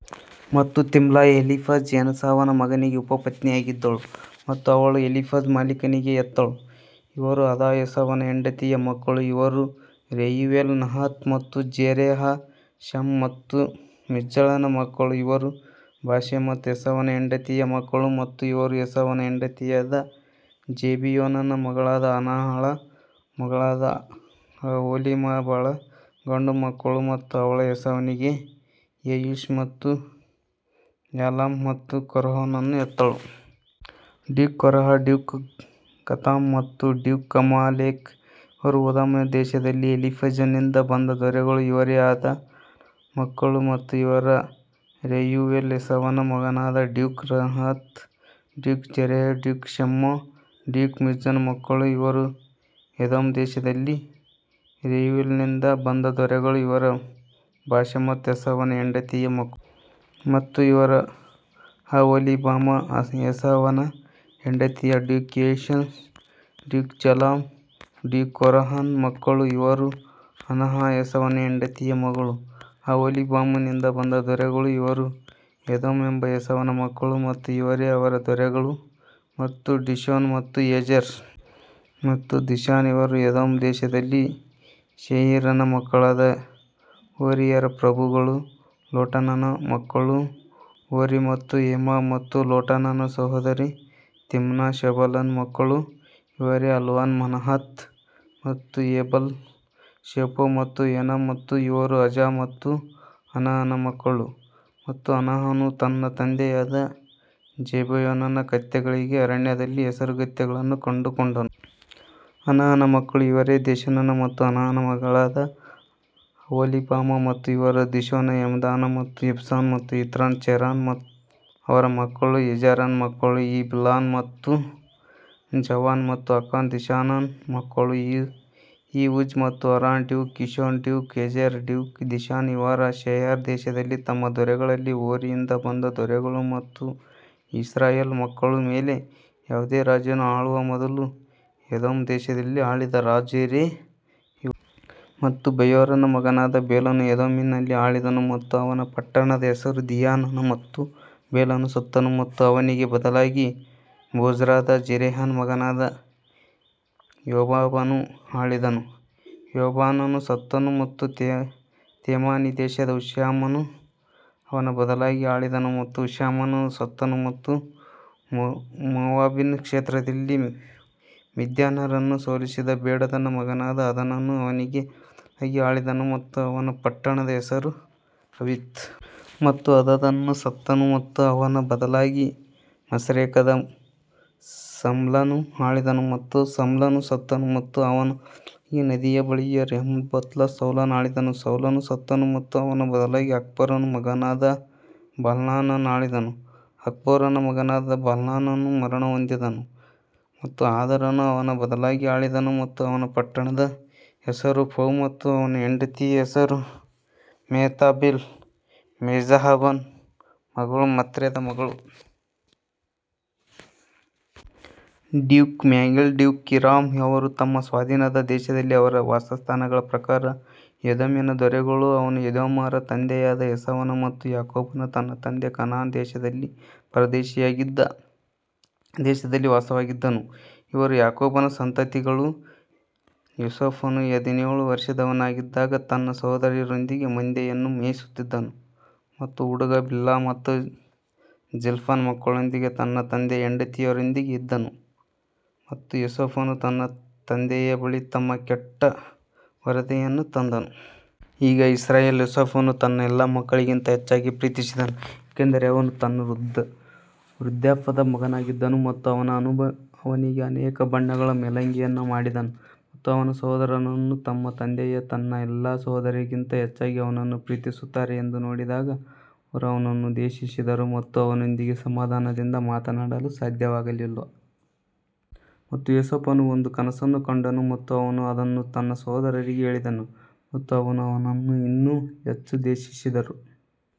ಮತ್ತು Timna Eliphaz ಏಸಾವನ ಮಗನಿಗೆ ಉಪಪತ್ನಿಯಾಗಿದ್ದಳು ಮತ್ತು ಅವಳು ಎಲೀಫಜ ಅಮಾಲೇಕನಿಗೆ ಹೆತ್ತಳು, ಇವರು ಅದಾ ಏಸಾವನ ಹೆಂಡತಿಯ ಮಕ್ಕಳು. ಇವರು ರೆಯುವೇಲ್ ನಹತ್ ಮತ್ತು ಜೆರಹ ಶಮ್ಮ ಮತ್ತು ಮಿಜ್ಜನ ಮಕ್ಕಳು ಇವರು ಬಾಶೆಮತ್ ಏಸಾವನ ಹೆಂಡತಿಯ ಮಕ್ಕಳು. ಮತ್ತು ಇವರು ಏಸಾವನ ಹೆಂಡತಿಯಾದ ಜಿಬಿಯೋನನ ಮಗಳಾದ ಅನಾಹಳ ಮಗಳಾದ ಅಹೋಲಿಬಾಮಾಳ ಗಂಡುಮಕ್ಕಳು ಮತ್ತು ಅವಳು ಏಸಾವನಿಗೆ ಯೆಯೂಷ್ ಮತ್ತು ಯಾಲಾಮ್ ಮತ್ತು ಕೋರಹನನ್ನು ಹೆತ್ತಳು. ಡ್ಯೂಕ್ ಕೋರಹ ಡ್ಯೂಕ್ ಗತಾಮ್ ಮತ್ತು ಡ್ಯೂಕ್ ಅಮಾಲೇಕ್ ಇವರು ಎದೋಮ್ ದೇಶದಲ್ಲಿ ಎಲೀಫಜನಿಂದ ಬಂದ ದೊರೆಗಳು ಇವರೇ ಆದನ ಮಕ್ಕಳು ಮತ್ತು ಇವರು ರೆಯೂವೇಲ್ ಏಸಾವನ ಮಗನಾದ duke Nahath duke Zerah duke Shammah duke ಮಿಜ್ಜನ ಮಕ್ಕಳು ಇವರು ಎದೋಮ್ ದೇಶದಲ್ಲಿ ರೆಯೂವೇಲನಿಂದ ಬಂದ ದೊರೆಗಳು ಇವರು ಬಾಶೆಮತ್ ಏಸಾವನ ಹೆಂಡತಿಯ ಮಕ್ಕಳು. ಮತ್ತು ಇವರು ಅಹೋಲಿಬಾಮ ಏಸಾವನ ಹೆಂಡತಿಯ duke Jeush duke Jalam duke ಕೋರಹನ ಮಕ್ಕಳು ಇವರು ಅನಾಹ ಏಸಾವನ ಹೆಂಡತಿಯ ಮಗಳು ಅಹೋಲಿಬಾಮನಿಂದ ಬಂದ ದೊರೆಗಳು. ಇವರು ಎದೋಮ್ ಎಂಬ ಏಸಾವನ ಮಕ್ಕಳು ಮತ್ತು ಇವರೇ ಅವರ ದೊರೆಗಳು ಮತ್ತು ಡಿಶೋನ್ ಮತ್ತು ಏಜೆರ್ ಮತ್ತು ದೀಶಾನ್ ಇವರು ಎದೋಮ್ ದೇಶದಲ್ಲಿ ಸೇಯೀರನ ಮಕ್ಕಳಾದ ಹೋರಿಯರ ಪ್ರಭುಗಳು ಲೋಟಾನನ ಮಕ್ಕಳು ಹೋರಿ ಮತ್ತು ಹೇಮಾಮ್ ಮತ್ತು ಲೋಟಾನನ ಸಹೋದರಿ ತಿಮ್ನಾ ಶೋಬಾಲನ ಮಕ್ಕಳು ಇವರೇ ಅಲ್ವಾನ್, ಮನಹತ್ ಮತ್ತು ಏಬಲ್ ಶೆಪೋ ಮತ್ತು ಓನಾಮ್ ಮತ್ತು ಇವರು ಅಜಾ ಮತ್ತು ಅನಾಹನ ಮಕ್ಕಳು ಮತ್ತು ಅನಾಹನು ತನ್ನ ತಂದೆಯಾದ ಜಿಬೆಯೋನನ ಕತ್ತೆಗಳಿಗೆ ಅರಣ್ಯದಲ್ಲಿ ಹೇಸರಗತ್ತೆಗಳನ್ನು ಕಂಡುಕೊಂಡನು. ಅನಾಹನ ಮಕ್ಕಳು ಇವರೇ ದೀಶೋನ್ ಮತ್ತು ಅನಾಹನ ಮಗಳಾದ ಅಹೋಲಿಬಾಮ ಮತ್ತು ಇವರು ದಿಶೋನ್ ಹೆಮ್ದಾನ್ ಮತ್ತು ಎಸ್ಬಾನ್ ಮತ್ತು ಇತ್ರಾನ್ ಮತ್ತು ಚೇರನ್ ಅವರ ಮಕ್ಕಳು ಏಜೆರನ ಮಕ್ಕಳು ಈ ಬಿಲ್ಹಾನ್ ಮತ್ತು ಜಾವಾನ್ ಮತ್ತು ಅಕಾನ್ ದಿಶಾನನ ಮಕ್ಕಳು ಈ ಉಜ್ ಮತ್ತು Aran duke Dishon duke Ezer duke Dishan ಇವರು ಸೇಯರ್ ದೇಶದಲ್ಲಿ ತಮ್ಮ ದೊರೆಗಳಲ್ಲಿ ಹೋರಿಯಿಂದ ಬಂದ ದೊರೆಗಳು ಮತ್ತು ಇಸ್ರಾಯೇಲ್ ಮಕ್ಕಳ ಮೇಲೆ ಯಾವುದೇ ರಾಜನು ಆಳುವ ಮೊದಲು ಎದೋಮ್ ದೇಶದಲ್ಲಿ ಆಳಿದ ರಾಜರು ಇವರೇ. ಮತ್ತು ಬೆಯೋರನ ಮಗನಾದ ಬೇಲನು ಎದೋಮಿನಲ್ಲಿ ಆಳಿದನು ಮತ್ತು ಅವನ ಪಟ್ಟಣದ ಹೆಸರು ದಿನ್ಹಾಬಾ ಮತ್ತು ಬೇಲನು ಸತ್ತನು ಮತ್ತು ಅವನಿಗೆ ಬದಲಾಗಿ ಬೋಜ್ರಾದ ಜೆರಹನ ಮಗನಾದ ಯೋಬಾಬನು ಆಳಿದನು ಯೋಬಾಬನು ಸತ್ತನು ಮತ್ತು ತೇಮಾನಿ ದೇಶದ ಹುಷಾಮನು ಅವನ ಬದಲಾಗಿ ಆಳಿದನು ಮತ್ತು ಹುಷಾಮನು ಸತ್ತನು ಮತ್ತು ಮೋವಾಬಿನ ಕ್ಷೇತ್ರದಲ್ಲಿ ಮಿದ್ಯಾನ್ಯರನ್ನು ಸೋಲಿಸಿದ ಬೇಡದನ ಮಗನಾದ ಹದದನು ಅವನಿಗೆ ಬದಲಾಗಿ ಆಳಿದನು ಮತ್ತು ಅವನ ಪಟ್ಟಣದ ಹೆಸರು ಅವೀತ್. ಮತ್ತು ಹದದನು ಸತ್ತನು ಮತ್ತು ಅವನ ಬದಲಾಗಿ ಮಸ್ರೇಕದ ಸಮ್ಲನು ಆಳಿದನು ಮತ್ತು ಸಮ್ಲನು ಸತ್ತನು ಮತ್ತು ಅವನ ಬದಲಾಗಿ ನದಿಯ ಬಳಿಯ ರೆಹೋಬೋತ್ನ ಸೌಲನು ಆಳಿದನು ಸೌಲನು ಸತ್ತನು ಮತ್ತು ಅವನ ಬದಲಾಗಿ ಅಕ್ಬೋರನ ಮಗನಾದ ಬಾಲ್ಹಾನನ್ ಆಳಿದನು ಅಕ್ಬೋರನ ಮಗನಾದ ಬಾಲ್ಹಾನಾನನು ಮರಣಹೊಂದಿದನು ಮತ್ತು ಹಾದರನು ಅವನ ಬದಲಾಗಿ ಆಳಿದನು ಮತ್ತು ಅವನ ಪಟ್ಟಣದ ಹೆಸರು ಪೌ ಮತ್ತು ಅವನ ಹೆಂಡತಿಯ ಹೆಸರು ಮೆಹೆತಾಬೆಲ್ ಮೆಜಾಹಾಬನ ಮಗಳು ಮತ್ರೆದ ಮಗಳು. ಡ್ಯೂಕ್ ಮ್ಯಾಗ್ಡೀಲ್ ಡ್ಯೂಕ್ ಇರಾಮ್ ಅವರು ತಮ್ಮ ಸ್ವಾಧೀನದ ದೇಶದಲ್ಲಿ ಅವರ ವಾಸಸ್ಥಾನಗಳ ಪ್ರಕಾರ ಎದೋಮಿನ ದೊರೆಗಳು, ಅವನು ಎದೋಮ್ಯರ ತಂದೆಯಾದ ಏಸಾವನು ಮತ್ತು ಯಾಕೋಬನು ತನ್ನ ತಂದೆ ಕಾನಾನ್ ದೇಶದಲ್ಲಿ ಪರದೇಶಿಯಾಗಿದ್ದ ದೇಶದಲ್ಲಿ ವಾಸವಾಗಿದ್ದನು ಇವರು ಯಾಕೋಬನ ಸಂತತಿಗಳು ಯೋಸೇಫನು ಹದಿನೇಳು ವರ್ಷದವನಾಗಿದ್ದಾಗ ತನ್ನ ಸಹೋದರರೊಂದಿಗೆ ಮಂದೆಯನ್ನು ಮೇಯಿಸುತ್ತಿದ್ದನು ಮತ್ತು ಹುಡುಗ ಬಿಲ್ಹಾ ಮತ್ತು ಜಿಲ್ಪಾನ ಮಕ್ಕಳೊಂದಿಗೆ ತನ್ನ ತಂದೆಯ ಹೆಂಡತಿಯರೊಂದಿಗೆ ಇದ್ದನು ಮತ್ತು ಯೋಸೇಫನು ತನ್ನ ತಂದೆಯ ಬಳಿ ತಮ್ಮ ಕೆಟ್ಟ ವರದಿಯನ್ನು ತಂದನು. ಈಗ ಇಸ್ರಾಯೇಲ್ ಯೋಸೇಫನು ತನ್ನ ಎಲ್ಲಾ ಮಕ್ಕಳಿಗಿಂತ ಹೆಚ್ಚಾಗಿ ಪ್ರೀತಿಸಿದನು ಏಕೆಂದರೆ ಅವನು ತನ್ನ ವೃದ್ಧಾಪ್ಯದ ಮಗನಾಗಿದ್ದನು ಮತ್ತು ಅವನು ಅವನಿಗೆ ಅನೇಕ ಬಣ್ಣಗಳ ಮೇಲಂಗಿಯನ್ನು ಮಾಡಿದನು. ಮತ್ತು ಅವನ ಸಹೋದರರು ತಮ್ಮ ತಂದೆಯು ತನ್ನ ಎಲ್ಲಾ ಸಹೋದರರಿಗಿಂತ ಹೆಚ್ಚಾಗಿ ಅವನನ್ನು ಪ್ರೀತಿಸುತ್ತಾರೆ ಎಂದು ನೋಡಿದಾಗ ಅವರು ಅವನನ್ನು ದ್ವೇಷಿಸಿದರು ಮತ್ತು ಅವನೊಂದಿಗೆ ಸಮಾಧಾನದಿಂದ ಮಾತನಾಡಲು ಸಾಧ್ಯವಾಗಲಿಲ್ಲ. ಮತ್ತು ಯೋಸೇಫನು ಒಂದು ಕನಸನ್ನು ಕಂಡನು ಮತ್ತು ಅವನು ಅದನ್ನು ತನ್ನ ಸಹೋದರರಿಗೆ ಹೇಳಿದನು ಮತ್ತು ಅವರು ಅವನನ್ನು ಇನ್ನೂ ಹೆಚ್ಚು ದ್ವೇಷಿಸಿದರು।